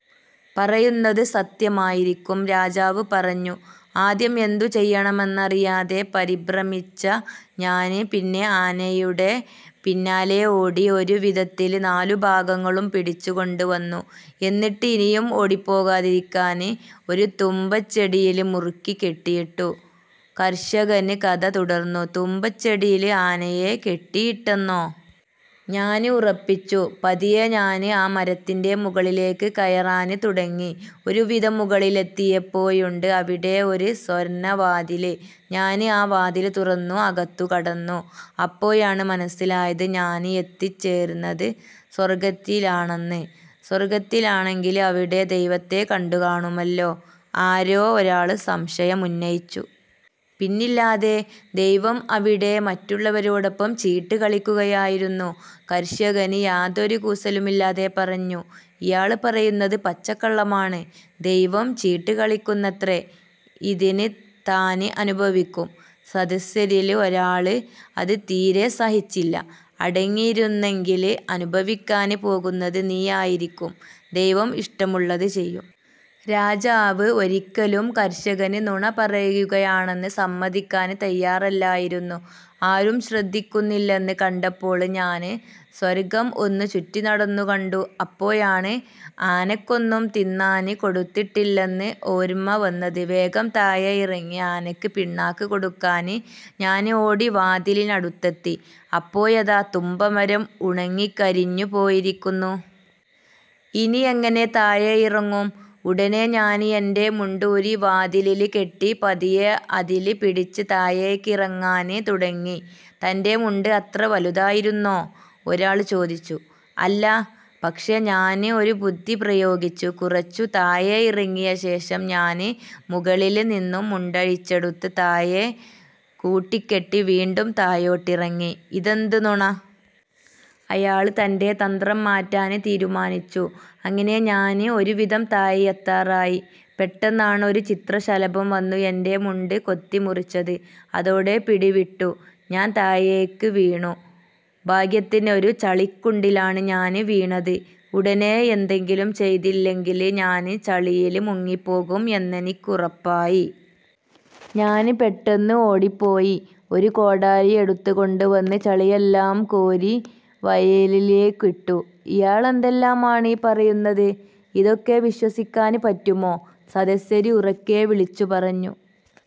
പറയുന്നത് സത്യമായിരിക്കും. " രാജാവ് പറഞ്ഞു. "ആദ്യം എന്തു ചെയ്യണമെന്നറിയാതെ പരിഭ്രമിച്ച ഞാന് പിന്നെ ആനയുടെ പിന്നാലേ ഓടി ഒരു വിധത്തില് നാലു ഭാഗങ്ങളും പിടിച്ച് കൊണ്ട് വന്നു. എന്നിട്ട് ഇനിയും ഓടിപ്പോകാതിരിക്കാന് ഒരു തുമ്പച്ചെടിയില് മുറുക്കി കെട്ടിയിട്ടു. " കര്ഷകന് കഥ തുടര്ന്നു. "തുമ്പച്ചെടിയില് ആനയെ കെട്ടിയിട്ടെന്നോ. ഞാന് ഉറപ്പിച്ചു. പതിയെ ഞാന് ആ മരത്തിന്റെ മുകളിലേക്ക് കയറാന് തുടങ്ങി. ഒരു വിധം മുകളിലെത്തിയപ്പോഴുണ്ട് അവിടെ ഒരു സ്വര്ണ്ണവാതില്. ഞാന് ആ വാതില് തുറന്നു അകത്തു കടന്നു. അപ്പോഴാണ് മനസ്സിലായത്, ഞാന് എത്തിച്ചേര്ന്നത് സ്വര്ഗത്തിലാണെന്ന്! " "സ്വര്ഗത്തിലാണെങ്കില് അവിടെ ദൈവത്തെ കണ്ടുകാണുമല്ലോ? " ആരോ ഒരാള് സംശയമുന്നയിച്ചു. "പിന്നില്ലാതെ. ദൈവം അവിടെ മറ്റുള്ളവരോടൊപ്പം ചീട്ട് കളിക്കുകയായിരുന്നു. " കര്ഷകന് യാതൊരു കൂസലുമില്ലാതെ പറഞ്ഞു. "ഇയാള് പറയുന്നത് പച്ചക്കള്ളമാണ്. ദൈവം ചീട്ട് കളിക്കുന്നത്രേ! ഇതിന് താന് അനുഭവിക്കും" സദസ്യരില് ഒരാള്ക്ക് അത് തീരെ സഹിച്ചില്ല. "അടങ്ങിയിരുന്നില്ലെങ്കില് അനുഭവിക്കാന് പോകുന്നത് നീ ആയിരിക്കും. ദൈവം ഇഷ്ടമുള്ളത് ചെയ്യും. " രാജാവ് ഒരിയ്ക്കലും കര്ഷകന് നുണ പറയുകയാണെന്ന് സമ്മതിക്കാന് തയ്യാറല്ലായിരുന്നു. "ആരും ശ്രദ്ധിക്കുന്നില്ലെന്ന് കണ്ടപ്പോള് ഞാന് സ്വര്ഗം ഒന്നു ചുറ്റി നടന്നു കണ്ടു. അപ്പോഴാണ് ആനക്കൊന്നും തിന്നാന് കൊടുത്തിട്ടില്ലെന്ന് ഓര്മ്മ വന്നത്. വേഗം താഴെ ഇറങ്ങി ആനയ്ക്ക് പിണ്ണാക്ക് കൊടുക്കാന് ഞാന് ഓടി വാതിലിനടുത്തെത്തി. അപ്പോഴതാ തുമ്പ മരം ഉണങ്ങിക്കരിഞ്ഞു പോയിരിക്കുന്നു. ഇനി എങ്ങനെ താഴെ ഇറങ്ങും? " "ഉടനെ ഞാന് എന്റെ മുണ്ടൂരി വാതിലില് കെട്ടി പതിയെ അതില് പിടിച്ച് താഴെക്കിറങ്ങാന് തുടങ്ങി" "തന്റെ മുണ്ട് അത്ര വലുതായിരുന്നോ? " ഒരാള് ചോദിച്ചു "അല്ല, പക്ഷേ ഞാന് ഒരു ബുദ്ധി പ്രയോഗിച്ചു. കുറച്ചു താഴെ ഇറങ്ങിയ ശേഷം ഞാന് മുകളില് നിന്നും മുണ്ടഴിച്ചെടുത്ത് താഴെ കൂട്ടികെട്ടി വീണ്ടും താഴോട്ടിറങ്ങി" "ഇതെന്ത് നുണ. അയാള് തന്റെ തന്ത്രം മാറ്റാന് തീരുമാനിച്ചു. "അങ്ങിനെ ഞാന് ഒരു വിധം താഴെയെത്താറായി. പെട്ടെന്നാണ് ഒരു ചിത്രശലഭം വന്നു എന്റെ മുണ്ട് കൊത്തി മുറിച്ചത്. അതോടെ പിടി വിട്ടു ഞാന് താഴേയ്ക്ക് വീണു. ഭാഗ്യത്തിന് ഒരു ചളിക്കുണ്ടിലാണ് ഞാന് വീണത്. ഉടനെ എന്തെങ്കിലും ചെയ്തില്ലെങ്കില് ഞാന് ചളിയില് മുങ്ങിപ്പോകും എന്നെനിക്കുറപ്പായി. ഞാന് പെട്ടെന്നു ഓടിപ്പോയി ഒരു കോടാലി എടുത്ത്കൊണ്ട് വന്ന് ചളിയെല്ലാം കോരി വയലിലേക്കിട്ടു" "ഇയാളെന്തെല്ലാമാണ് ഈ പറയുന്നത്? ഇതൊക്കെ വിശ്വസിക്കാന് പറ്റുമോ? " സദസ്യര് ഉറക്കെ വിളിച്ചു പറഞ്ഞു.